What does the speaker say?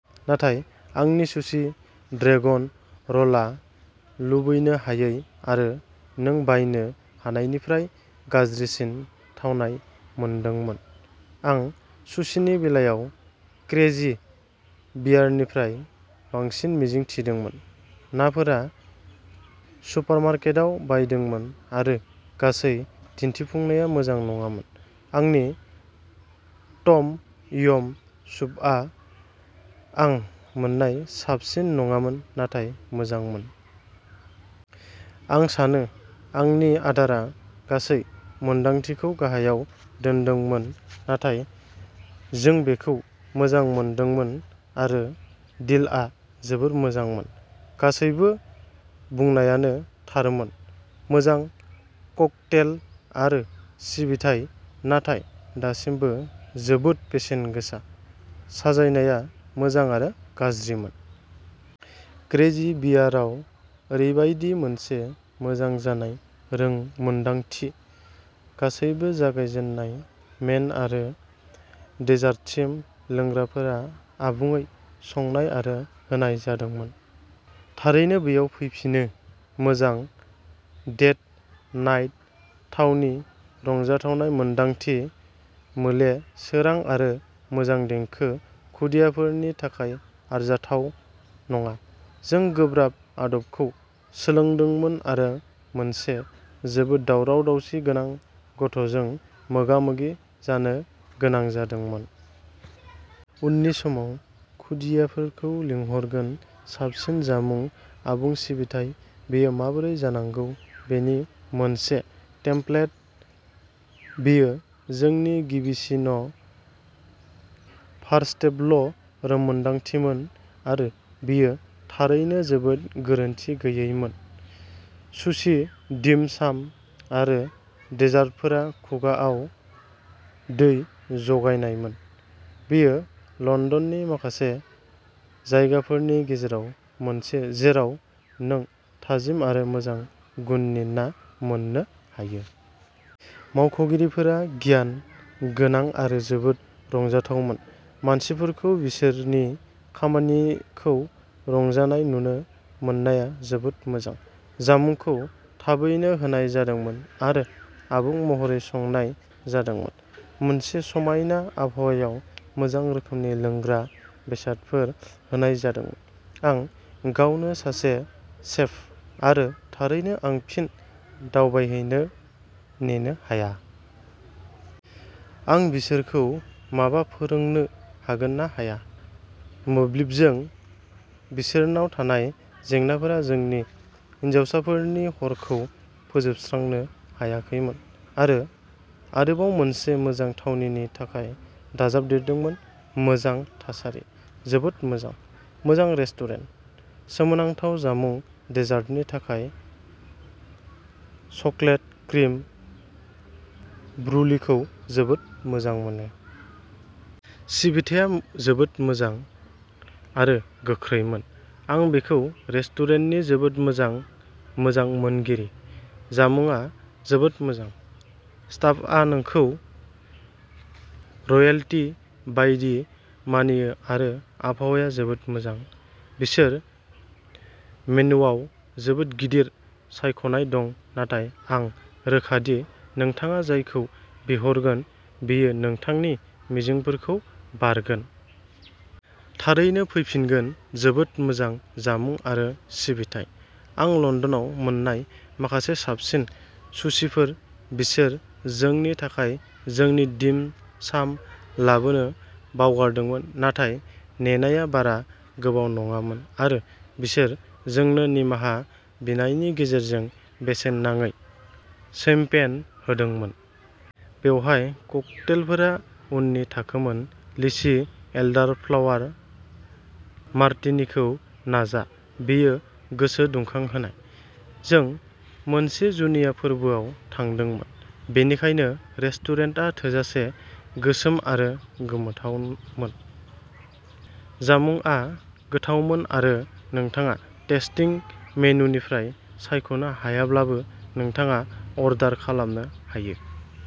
नाथाय आंनि सुसि-ड्रेगन र'ल-आ लुबैनो हायै आरो नों बायनो हानायनिफ्राय गाज्रिसिन थावनाय मोनदोंमोन। आं सुसिनि बेलायाव क्रेजी बियारनिफ्राय बांसिन मिजिं थिदोंमोन, नाफोरा सुपारमार्केटआव बायदोंमोन आरो गासै दिन्थिफुंनाया मोजां नङामोन। आंनि टम यम सुपआ आं मोननाय साबसिन नङामोन नाथाय मोजांमोन। आं सानो आंनि आदारा गासै मोन्दांथिखौ गाहायाव दोनदोंमोन, नाथाय जों बेखौ मोजां मोनदोंमोन आरो डिलआ जोबोद मोजांमोन। गासैबो बुंनायानो थारमोन। मोजां ककटेल आरो सिबिथाइ नाथाय दासिमबो जोबोद बेसेन गोसा। साजायनाया मोजां आरो गाज्रिमोन। क्रेजी बियाराव ओरैबायदि मोनसे मोजां जानाय रोंमोनदांथि। गासैबो जागायजेननाय, मेन आरो डेजार्टसिम लोंग्राफोरा आबुङै संनाय आरो होनाय जादोंमोन। थारैनो बेयाव फैफिनो! मोजां डेट नाइट थावनि-रंजाथावनाय मोनदांथि, मोले सोरां आरो मोजां देंखो! खुदियाफोरनि थाखाय आरजाथाव नङा, जों गोब्राब आदबखौ सोलोंदोंमोन आरो मोनसे जोबोद दावराव-दावसि गोनां गथ'जों मोगा-मोगि जानो गोनां जादोंमोन उननि समाव खुदियाफोरखौ लिंहरगोन! साबसिन जामुं, आबुं सिबिथाइ, बेयो माबोरै जानांगौ बेनि मोनसे टेम्पलेट। बेयो जोंनि गिबिसिन'फार्स्टटेबल'रोंमोनदांथिमोन आरो बेयो थारैनो जोबोद गोरोन्थि गैयैमोन। सुसि, डिम साम आरो डेजार्टफोरा खुगाआव दै जगायनायमोन। बेयो लन्दननि माखासे जायगाफोरनि गेजेराव मोनसे जेराव नों थाजिम आरो मोजां गुननि ना मोननो हायो। मावख'गिरिफोरा गियान गोनां आरो जोबोद रंजाथावमोन, मानसिफोरखौ बिसोरनि खामानिखौ रंजानाय नुनो मोननाया जोबोद मोजां! जामुंखौ थाबैनो होनाय जादोंमोन आरो आबुं महरै संनाय जादोंमोन। मोनसे समायना आबहावायाव मोजां रोखोमनि लोंग्रा बेसादफोर होनाय जादोंमोन। आं गावनो सासे सेफ आरो थारैनो आं फिन दावबायहैनो नेनो हाया। आं बिसोरखौ माबा फोरोंनो हागोन ना हाया। मोब्लिबजों बिसोरनाव थानाय जेंनाफोरा जोंनि हिनजावसाफोरनि हरखौ फोजोबस्रांनो हायाखैमोन, आरो आरोबाव मोनसे मोजां थावनिनि थाखाय दाजाबदेरदोंमोन। मोजां थासारि। जोबोद मोजां! मोजां रेस्टुरेन्ट। सोमोनांथाव जामुं-डेजार्टनि थाखाय चकलेट क्रिम ब्रुलिखौ जोबोद मोजां मोनो! सिबिथाया जोबोद मोजां आरो गोख्रैमोन। आं बेखौ रेस्टुरेन्टनि जोबोद मोजां मोजां मोनगिरि! जामुंआ जोबोद मोजां। स्टाफआ नोंखौ रयेल्टी बायदि मानियो आरो आबहावाया जोबोद मोजां! बिसोर मेनुवाव जोबोद गिदिर सायख'नाय दं नाथाय आं रोखा दि नोंथाङा जायखौ बिहरगोन बेयो नोंथांनि मिजिंफोरखौ बारगोन! थारैनो फैफिनगोन! जोबोद मोजां जामुं आरो सिबिथाइ! आं लन्दनाव मोन्नाय माखासे साबसिन सुसिफोर! बिसोर जोंनि थाखाय जोंनि डिम साम लाबोनो बावगारदोंमोन नाथाय नेनाया बारा गोबाव नङामोन आरो बिसोर जोंनो निमाहा बिनायनि गेजेरजों बेसेन नाङै शैम्पेन होदोंमोन! बेवहाय ककटेलफोरा उननि थाखोमोन। लिचि एल्डारफ्लावार मार्टिनिखौ नाजा-बेयो गोसो दुंखांहोनाय! जों मोनसे जुनिया फोरबोआव थांदोंमोन, बेनिखायनो रेस्टुरेन्टआ थोजासे गोसोम आरो गोमोथावमोन। जामुंआ गोथावमोन आरो नोंथाङा टेस्टिं मेनुनिफ्राय सायख'नो हायाब्लाबो नोंथाङा अर्डार खालामनो हायो।